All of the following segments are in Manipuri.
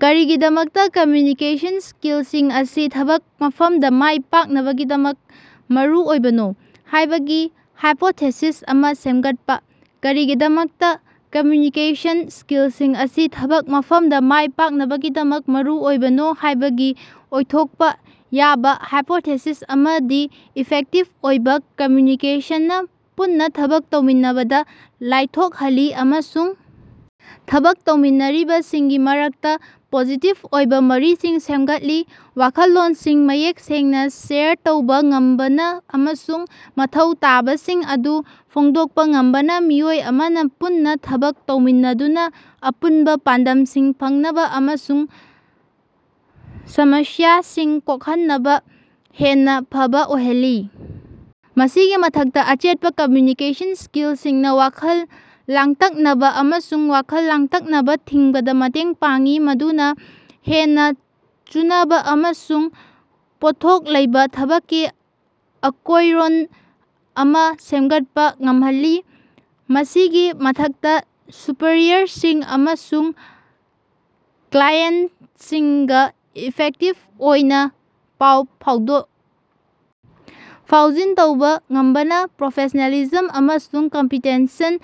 ꯀꯔꯤꯒꯤꯗꯃꯛꯇꯥ ꯀꯝꯃ꯭ꯌꯨꯅꯤꯀꯦꯁꯟ ꯁ꯭ꯀꯤꯜꯁꯤꯡ ꯑꯁꯤ ꯊꯕꯛ ꯃꯐꯝꯗꯥ ꯃꯥꯏꯄꯥꯛꯅꯕꯒꯤꯗꯃꯛ ꯃꯔꯨꯑꯣꯏꯕꯅꯣ ꯍꯥꯏꯕꯒꯤ ꯍꯥꯏꯄꯣꯊꯦꯁꯤꯁ ꯑꯃꯥ ꯁꯦꯝꯒꯠꯄꯥ꯫ ꯀꯔꯤꯒꯤꯗꯃꯛꯇꯥ ꯀꯝꯃ꯭ꯌꯨꯅꯤꯀꯦꯁꯟ ꯁ꯭ꯀꯤꯜꯁꯤꯡ ꯑꯁꯤ ꯊꯕꯛ ꯃꯐꯝꯗꯥ ꯃꯥꯏꯄꯥꯛꯅꯕꯒꯤꯗꯃꯛ ꯃꯔꯨꯑꯣꯏꯕꯅꯣ ꯍꯥꯏꯕꯒꯤ ꯑꯣꯏꯊꯣꯛꯄꯥ ꯌꯥꯕꯥ ꯍꯥꯏꯄꯣꯊꯦꯁꯤꯁ ꯑꯃꯗꯤ ꯏꯐꯦꯛꯇꯤꯚ ꯑꯣꯏꯕꯥ ꯀꯝꯃ꯭ꯌꯨꯅꯤꯀꯦꯁꯟꯅ ꯄꯨꯟꯅꯥ ꯊꯕꯛ ꯇꯧꯃꯤꯟꯅꯕꯗꯥ ꯂꯥꯏꯊꯣꯛꯍꯜꯂꯤ ꯑꯃꯁꯨꯡ ꯊꯕꯛ ꯇꯧꯃꯤꯟꯅꯔꯤꯕꯁꯤꯡꯒꯤ ꯃꯔꯛꯇꯥ ꯄꯣꯖꯤꯇꯤꯚ ꯑꯣꯏꯕꯥ ꯃꯔꯤꯁꯤꯡ ꯁꯦꯝꯒꯠꯂꯤ꯫ ꯋꯥꯈꯜꯂꯣꯟꯁꯤꯡ ꯃꯌꯦꯛ ꯁꯦꯡꯅꯥ ꯁꯦꯌꯔ ꯇꯧꯕꯥ ꯉꯝꯕꯅꯥ ꯑꯃꯁꯨꯡ ꯃꯊꯧ ꯇꯥꯕꯁꯤꯡ ꯑꯗꯨ ꯐꯣꯡꯗꯣꯛꯄꯥ ꯉꯝꯕꯅꯥ ꯃꯤꯑꯣꯏ ꯑꯃꯅꯥ ꯄꯨꯟꯅꯥ ꯊꯕꯛ ꯇꯧꯃꯤꯟꯅꯗꯨꯅꯥ ꯑꯄꯨꯟꯕꯥ ꯄꯥꯟꯗꯝꯁꯤꯡ ꯐꯪꯅꯕꯥ ꯑꯃꯁꯨꯡ ꯁꯃꯁ꯭ꯌꯥꯁꯤꯡ ꯀꯣꯛꯍꯟꯅꯕꯥ ꯍꯦꯟꯅꯥ ꯐꯕꯥ ꯑꯣꯏꯍꯜꯂꯤ꯫ ꯃꯁꯤꯒꯤ ꯃꯊꯛꯇꯥ ꯑꯆꯦꯠꯄꯥ ꯀꯝꯃ꯭ꯌꯨꯅꯤꯀꯦꯁꯟ ꯁ꯭ꯀꯤꯜꯁꯤꯡꯅꯥ ꯋꯥꯈꯜ ꯂꯥꯡꯇꯛꯅꯕꯥ ꯑꯃꯁꯨꯡ ꯋꯥꯈꯜ ꯂꯥꯡꯇꯛꯅꯕꯥ ꯊꯤꯡꯕꯗꯥ ꯃꯇꯦꯡ ꯄꯥꯡꯏ ꯃꯗꯨꯅꯥ ꯍꯦꯟꯅꯥ ꯆꯨꯅꯕꯥ ꯑꯃꯁꯨꯡ ꯄꯣꯠꯊꯣꯛ ꯂꯩꯕꯥ ꯊꯕꯛꯀꯤ ꯑꯀꯣꯏꯔꯣꯟ ꯑꯃꯥ ꯁꯦꯞꯒꯠꯄꯥ ꯉꯝꯍꯜꯂꯤ꯫ ꯃꯁꯤꯒꯤ ꯃꯊꯛꯇꯥ ꯁꯨꯄꯔꯤꯌꯔꯁꯤꯡ ꯑꯃꯁꯨꯡ ꯀ꯭ꯂꯥꯏꯑꯦꯟꯠꯁꯤꯡꯒꯥ ꯏꯐꯦꯛꯇꯤꯚ ꯑꯣꯏꯅꯥ ꯄꯥꯎ ꯐꯥꯎꯗꯣꯛ ꯐꯥꯎꯖꯤꯟ ꯇꯧꯕꯥ ꯉꯝꯕꯅꯥ ꯄ꯭ꯔꯣꯐꯦꯁꯅꯦꯂꯤꯖꯝ ꯑꯃꯁꯨꯡ ꯀꯝꯄꯤꯇꯦꯟꯁꯟ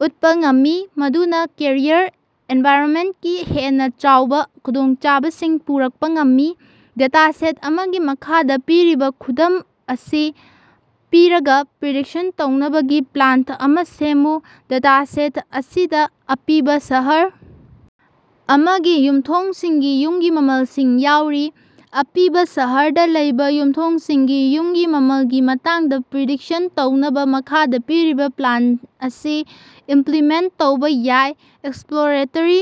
ꯎꯠꯄꯥ ꯉꯝꯃꯤ ꯃꯗꯨꯅꯥ ꯀꯦꯔꯤꯌꯔ ꯑꯦꯗꯚꯥꯟꯁꯃꯦꯟꯠꯀꯤ ꯍꯦꯟꯅꯥ ꯆꯥꯎꯕꯥ ꯈꯨꯗꯣꯡꯆꯥꯕꯁꯤꯡ ꯄꯨꯔꯛꯄꯥ ꯉꯝꯃꯤ꯫ ꯗꯦꯇꯥ ꯁꯦꯠ ꯑꯃꯒꯤ ꯃꯈꯥꯗꯥ ꯄꯤꯔꯤꯕꯥ ꯈꯨꯗꯝ ꯑꯁꯤ ꯄꯤꯔꯒꯥ ꯄ꯭ꯔꯤꯗꯤꯛꯁꯟ ꯇꯧꯅꯕꯒꯤ ꯄ꯭ꯂꯥꯟ ꯑꯃꯥ ꯁꯦꯝꯃꯨ꯫ ꯗꯦꯇꯥꯁꯦꯠ ꯑꯁꯤꯗꯥ ꯑꯄꯤꯕꯥ ꯁꯍꯔ ꯑꯃꯒꯤ ꯌꯨꯃꯊꯣꯡꯁꯤꯡꯒꯤ ꯌꯨꯝꯒꯤ ꯃꯃꯜꯁꯤꯡ ꯌꯥꯎꯔꯤ꯫ ꯑꯄꯤꯕꯥ ꯁꯍꯔꯗꯥ ꯂꯩꯕꯥ ꯌꯨꯝꯊꯣꯡꯁꯤꯡꯒꯤ ꯌꯨꯝꯒꯤ ꯃꯃꯜꯒꯤ ꯃꯇꯥꯡꯗꯥ ꯄ꯭ꯔꯤꯗꯤꯛꯁꯟ ꯇꯧꯅꯕꯥ ꯃꯈꯥꯗꯥ ꯄꯤꯔꯤꯕꯥ ꯄ꯭ꯂꯥꯟ ꯑꯁꯤ ꯏꯝꯄ꯭ꯂꯤꯃꯦꯟꯠ ꯇꯧꯕꯥ ꯌꯥꯏ ꯑꯦꯛꯁꯄ꯭ꯂꯣꯔꯦꯇꯦꯔꯤ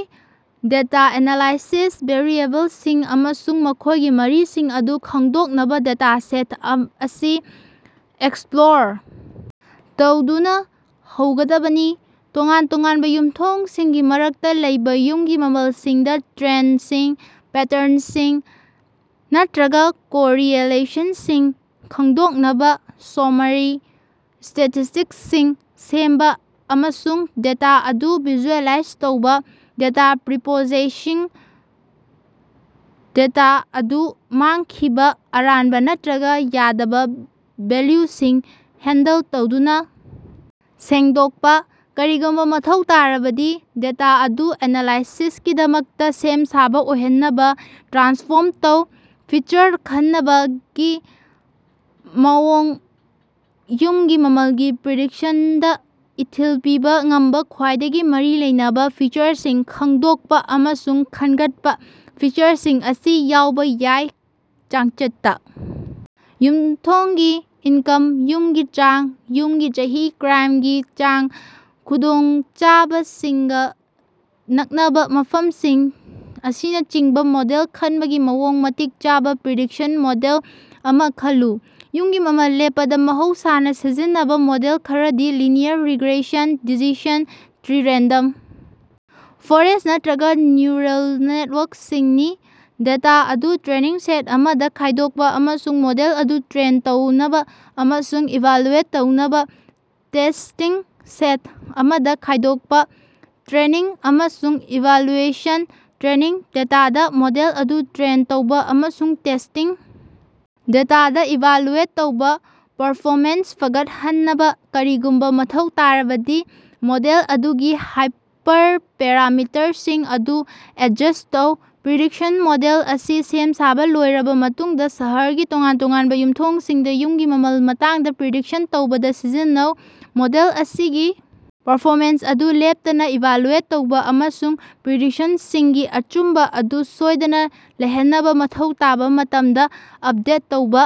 ꯗꯦꯇꯥ ꯑꯦꯅꯥꯂꯥꯏꯁꯤꯁ ꯚꯦꯔꯤꯑꯦꯕꯜꯁꯤꯡ ꯑꯃꯁꯨꯡ ꯃꯈꯣꯏꯒꯤ ꯃꯔꯤꯁꯤꯡ ꯑꯗꯨ ꯈꯪꯗꯣꯛꯅꯕꯥ ꯗꯦꯇꯥꯁꯦꯠ ꯑꯁꯤ ꯑꯦꯛꯁꯄ꯭ꯂꯣꯔ ꯇꯧꯗꯨꯅꯥ ꯍꯧꯒꯗꯕꯅꯤ꯫ ꯇꯣꯉꯥꯟ ꯇꯣꯉꯥꯟꯕ ꯌꯨꯝꯊꯣꯡꯁꯤꯡꯒꯤ ꯃꯔꯛꯇꯥ ꯂꯩꯕꯥ ꯌꯨꯝꯒꯤ ꯃꯃꯜꯁꯤꯡꯗꯥ ꯇ꯭ꯔꯦꯟꯗꯁꯤꯡ ꯄꯦꯇꯔꯟꯁꯤꯡ ꯅꯠꯇ꯭ꯔꯒꯥ ꯀꯣꯔꯤꯑꯦꯂꯦꯁꯅꯁꯤꯡ ꯈꯪꯗꯣꯛꯅꯕꯥ ꯁꯣꯃꯥꯔꯤ ꯁ꯭ꯇꯦꯇꯤꯁ꯭ꯇꯤꯛꯁꯁꯤꯡ ꯁꯦꯝꯕꯥ ꯑꯃꯁꯨꯡ ꯗꯦꯇꯥ ꯑꯗꯨ ꯚꯤꯖꯨꯑꯦꯂꯥꯏꯖ ꯇꯧꯕꯥ꯫ ꯗꯦꯇꯥ ꯄ꯭ꯔꯤꯄ꯭ꯔꯣꯁꯦꯁꯤꯡ ꯗꯦꯇꯥ ꯑꯗꯨ ꯃꯥꯡꯈꯤꯕꯥ ꯑꯔꯥꯟꯕꯥ ꯅꯠꯇ꯭ꯔꯒꯥ ꯌꯥꯗꯕꯥ ꯚꯦꯜꯌꯨꯁꯤꯡ ꯍꯦꯟꯗꯜ ꯇꯧꯗꯨꯅꯥ ꯁꯦꯡꯗꯣꯛꯄꯥ꯫ ꯀꯔꯤꯒꯨꯝꯕꯥ ꯃꯊꯧ ꯇꯥꯔꯕꯗꯤ ꯗꯦꯇꯥ ꯑꯗꯨ ꯑꯦꯅꯥꯂꯥꯏꯁꯤꯁꯀꯤꯗꯃꯛꯇꯥ ꯁꯦꯝ ꯁꯥꯕꯥ ꯑꯣꯏꯍꯟꯅꯕꯥ ꯇ꯭ꯔꯥꯟꯁꯐꯣꯔꯝ ꯇꯧ꯫ ꯐꯤꯆꯔ ꯈꯅꯕꯒꯤ ꯃꯑꯣꯡ ꯌꯨꯝꯒꯤ ꯃꯃꯜꯒꯤ ꯄ꯭ꯔꯤꯗꯤꯛꯁꯟꯗꯥ ꯏꯊꯤꯜ ꯄꯤꯕꯥ ꯉꯝꯕꯥ ꯈ꯭ꯋꯥꯏꯗꯒꯤ ꯃꯔꯤ ꯂꯩꯅꯕꯥ ꯐꯤꯆꯔꯁꯤꯡ ꯈꯪꯗꯣꯛꯄꯥ ꯑꯃꯁꯨꯡ ꯈꯟꯒꯠꯄꯥ꯫ ꯐꯤꯆꯔꯁꯤꯡ ꯑꯁꯤ ꯌꯥꯎꯕꯥ ꯌꯥꯏ ꯆꯥꯡꯆꯠꯇꯥ ꯌꯨꯝꯊꯣꯡꯒꯤ ꯏꯟꯀꯝ ꯌꯨꯝꯒꯤ ꯆꯥꯡ ꯌꯨꯝꯒꯤ ꯆꯍꯤ ꯀ꯭ꯔꯥꯏꯝꯒꯤ ꯆꯥꯡ ꯈꯨꯗꯣꯡꯆꯥꯕꯁꯤꯡꯒꯥ ꯅꯛꯅꯕꯥ ꯃꯐꯝꯁꯤꯡ ꯑꯁꯤꯅꯆꯤꯡꯕꯥ ꯃꯣꯗꯦꯜ ꯈꯟꯕꯒꯤ ꯃꯑꯣꯡ ꯃꯇꯤꯛ ꯆꯥꯕꯥ ꯄ꯭ꯔꯤꯗꯤꯛꯁꯟ ꯃꯣꯗꯦꯜ ꯑꯃꯥ ꯈꯜꯂꯨ꯫ ꯌꯨꯝꯒꯤ ꯃꯃꯜ ꯂꯦꯞꯄꯗꯥ ꯃꯍꯧꯁꯥꯅꯥ ꯁꯤꯖꯤꯟꯅꯕꯥ ꯃꯣꯗꯦꯜ ꯈꯔꯗꯤ linear regression decision tree random forest ꯅꯠꯇ꯭ꯔꯒꯥ ꯅ꯭ꯌꯨꯔꯜ ꯅꯦꯇꯋꯥꯔꯛꯁꯤꯡꯅꯤ꯫ ꯗꯦꯇꯥ ꯑꯗꯨ ꯇ꯭ꯔꯦꯅꯤꯡ ꯁꯦꯠ ꯑꯃꯗꯥ ꯈꯥꯏꯗꯣꯛꯄꯥ ꯑꯃꯁꯨꯡ ꯃꯣꯗꯦꯜ ꯑꯗꯨ ꯇ꯭ꯔꯦꯟ ꯇꯧꯅꯕꯥ ꯑꯃꯁꯨꯡ ꯏꯚꯥꯜꯌꯨꯑꯦꯠ ꯇꯧꯅꯕꯥ ꯇꯦꯁ꯭ꯇꯤꯡ ꯁꯦꯠ ꯑꯃꯗꯥ ꯈꯥꯏꯗꯣꯛꯄꯥ꯫ ꯇ꯭ꯔꯦꯅꯤꯡ ꯑꯃꯁꯨꯡ ꯏꯚꯥꯂꯨꯑꯦꯁꯟ ꯇ꯭ꯔꯦꯅꯤꯡ ꯗꯦꯇꯥꯗꯥ ꯃꯣꯗꯦꯜ ꯑꯗꯨ ꯇ꯭ꯔꯦꯟ ꯇꯧꯕꯥ ꯑꯃꯁꯨꯡ ꯇꯦꯁ꯭ꯇꯤꯡ ꯗꯦꯇꯥꯗꯥ ꯏꯚꯥꯂꯨꯑꯦꯠ ꯇꯧꯕꯥ꯫ ꯄꯔꯐꯣꯃꯦꯟꯁ ꯐꯒꯠꯍꯟꯅꯕꯥ ꯀꯔꯤꯒꯨꯝꯕꯥ ꯃꯊꯧ ꯇꯥꯔꯕꯗꯤ ꯃꯣꯗꯦꯜ ꯑꯗꯨꯒꯤ ꯍꯥꯏꯄꯔꯄꯦꯔꯥꯃꯤꯇꯔꯁꯤꯡ ꯑꯗꯨ ꯑꯦꯗꯖꯁ꯭ꯠ ꯇꯧ꯫ ꯄ꯭ꯔꯤꯗꯤꯛꯁꯟ ꯃꯣꯗꯦꯜ ꯑꯁꯤ ꯁꯦꯝ ꯁꯥꯕꯥ ꯂꯣꯏꯔꯕꯥ ꯃꯇꯨꯡꯗꯥ ꯁꯍꯔꯒꯤ ꯇꯣꯉꯥꯟ ꯇꯣꯉꯥꯟꯕꯥ ꯌꯨꯝꯊꯣꯡꯁꯤꯡꯗꯥ ꯌꯨꯝꯒꯤ ꯃꯃꯜꯒꯤ ꯃꯇꯥꯡꯗꯥ ꯄ꯭ꯔꯤꯗꯤꯛꯁꯟ ꯇꯧꯕꯗꯥ ꯁꯤꯖꯤꯟꯅꯧ꯫ ꯃꯣꯗꯦꯜ ꯑꯁꯤꯒꯤ ꯄꯔꯐꯣꯃꯦꯟꯁ ꯑꯗꯨ ꯂꯦꯞꯇꯅꯥ ꯏꯚꯥꯂꯨꯑꯦꯠ ꯇꯧꯕꯥ ꯑꯃꯁꯨꯡ ꯄ꯭ꯔꯤꯗꯤꯛꯁꯟꯁꯤꯡꯒꯤ ꯑꯆꯨꯝꯕꯥ ꯑꯗꯨ ꯁꯣꯏꯗꯅꯥ ꯂꯩꯍꯟꯅꯕꯥ ꯃꯊꯧ ꯇꯥꯕꯥ ꯃꯇꯝꯗꯥ ꯑꯞꯗꯦꯠ ꯇꯧꯕꯥ꯫